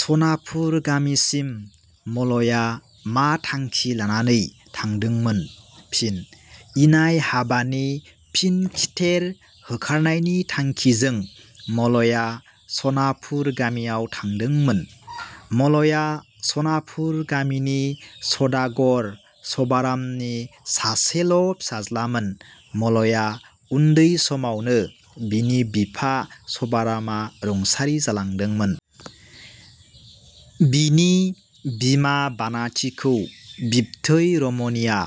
सनापुर गामिसिम मलया मा थांखि लानानै थांदोंमोन? फिनः इनाय हाबानि फिन खिथेर होखारनायनि थांखिजों मलया सनापुर गामियाव थांदोंमोन। मलया सनापुर गामिनि सदागर सभारामनि सासेल' फिसाज्लामोन। मलया उन्दै समावनो बिनि बिफा सभारामआ रुंसारि जालांदोंमोन। बिनि बिमा बानाथिखौ बिबथै रमनिया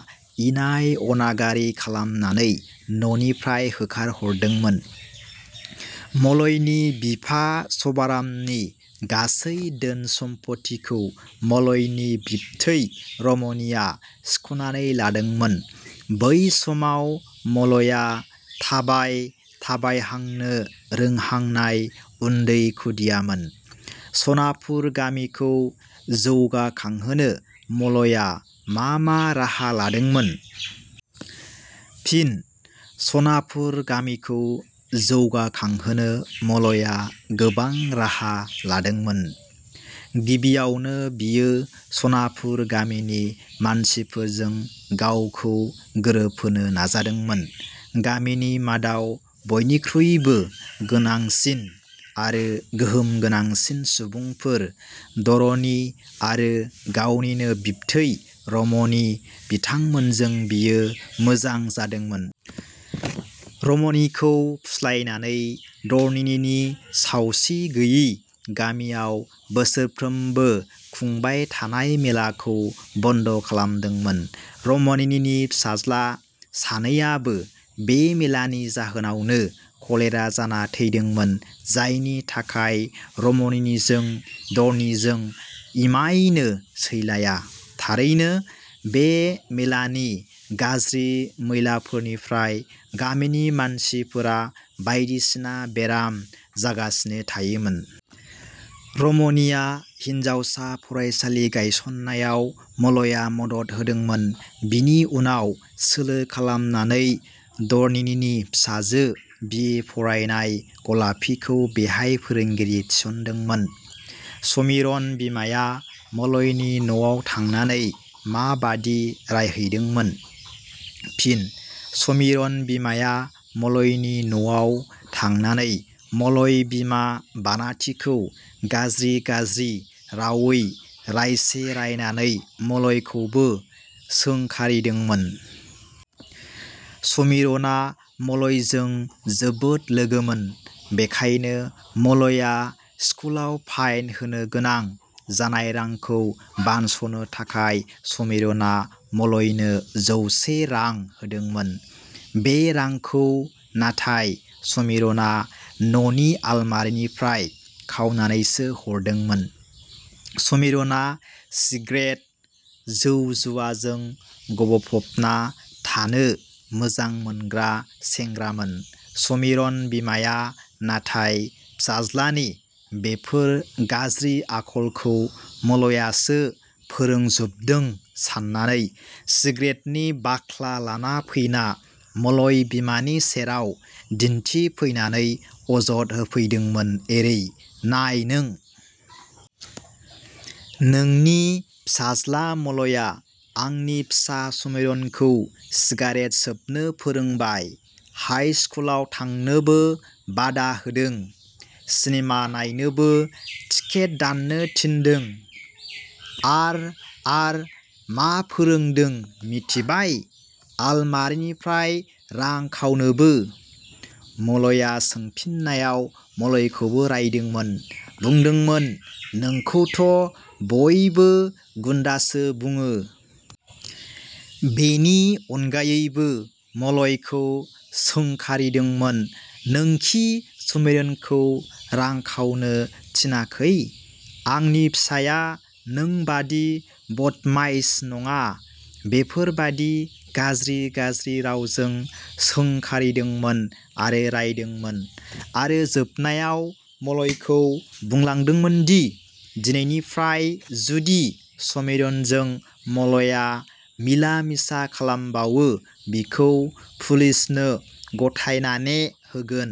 इनाय अनागारि खालामनानै न'निफ्राय होखारहरदोंमोन। मलयनि बिफा सभारामनि गासै धोन सम्फथिखौ मलयनि बिबथै रमनिया सिखनानै लादोंमोन। बै समाव मलया थाबाय थाबायहांनो रोंहांनाय उन्दै खुदियामोन। सनापुर गामिखौ जौगाखांहोनो मलया मा मा राहा लादोंमोन? फिनः सनापुर गामिखौ जौगाखांहोनो मलया गोबां राहा लादोंमोन। गिबियावनो बियो सनापुर गामिनि मानसिफोरजों गावखौ गोरोबहोनो नाजादोंमोन। गामिनि मादाव बयनिख्रुइबो गोनांसिन आरो गोहोम गोनांसिन सुबुंफोर धरनि आरो गावनिनो बिबथै रमनि बिथांमोनजों बियो मोजां जादोंमोन। रमनिखौ फुस्लायनानै धरनिनि सावसि गैयि गामियाव बोसोरफ्रोमबो खुंबायथानाय मेलाखौ बन्द खालामदोंमोन। रमनिनि फिसाज्ला सानैयाबो बे मेलानि जाहोनावनो कलेरा जाना थैदोंमोन जायनि थाखाय रमनिनिजों धरनिजों इमायनो सैलाया। थारैनो बे मेलानि गाज्रि मैलाफोरनिफ्राय गामिनि मानसिफोरा बायदिसिना बेराम जागासिनो थायोमोन। रमनिया हिनजावसा फरायसालि गायसननायाव मलया मदद होदोंमोन। बेनि उनाव सोलो खालामनानै धरनिनि फिसाजो बि. ए. फरायनाय गलापीखौ बेहाय फोरोंगिरि थिसनदोंमोन। समिरन बिमाया मलयनि न'आव थांनानै माबादि रायहैदोंमोन? फिनः समिरन बिमाया मलयनि न 'आव थांनानै मलय बिमा बानाथिखौ गाज्रि गाज्रि रावै रायसे रायनानै मलयखौबो सोंखारिदोंमोन। समिरनआ मलयजों जोबोद लोगोमोन। बेखायनो मलया स्कुलाव फाइन होनो गोनां जानाय रांखौ बानस 'नो थाखाय समिरनआ मलयनो जौसे रां होदोंमोन। बे रांखौ नाथाय समिरनआ न 'नि आलमारिनिफ्राय खावनानैसो हरदोंमोन। समिरनआ सिग्रेत, जौ जुवाजों गबफबना थानो मोजां मोनग्रा सेंग्रामोन समिरन बिमाया नाथाय फिसाज्लानि बेफोर गाज्रि आखलखौ मलयासो फोरोंजुबदों साननानै सिग्रेतनि बाख्ला लाना फैना मलय बिमानि सेराव दिन्थिफैनानै अजद होफैदोंमोन एरै- "नाय नों। नोंनि फिसाज्ला मलया आंनि फिसा समिरनखौ सिगारेट सोबनो फोरोंबाय, हाइस्कुलाव थांनोबो बादा होदों सिनेमा नायनोबो टिकेट दाननो थिन्दों आर… आर…. मा. फोरोंदों मिन्थिबाय आलमारिनिफ्राय रां खावनोबो"। मलया सोंफिननायाव मलयखौबो रायदोंमोन। बुंदोंमोन नोंखौथ' बयबो गुन्दासो बुङो। बेनि अनगायैबो मलयखौ सोंखारिदोंमोन "नोंखि समिरनखौ रां खावनो थिनाखै? आंनि फिसाया नोंबादि बदमाइस नङा बेफोरबादि गाज्रि गाज्रि रावजों सोंखारिदोंमोन आरो रायदोंमोन। आरो जोबनायाव मलयखौ बुंलांदोंमोनदि "दिनैनिफ्राय जुदि समिरनजों मलया मिला मिसा खालामबावो बिखौ पुलिसनो गथायनाने होगोन।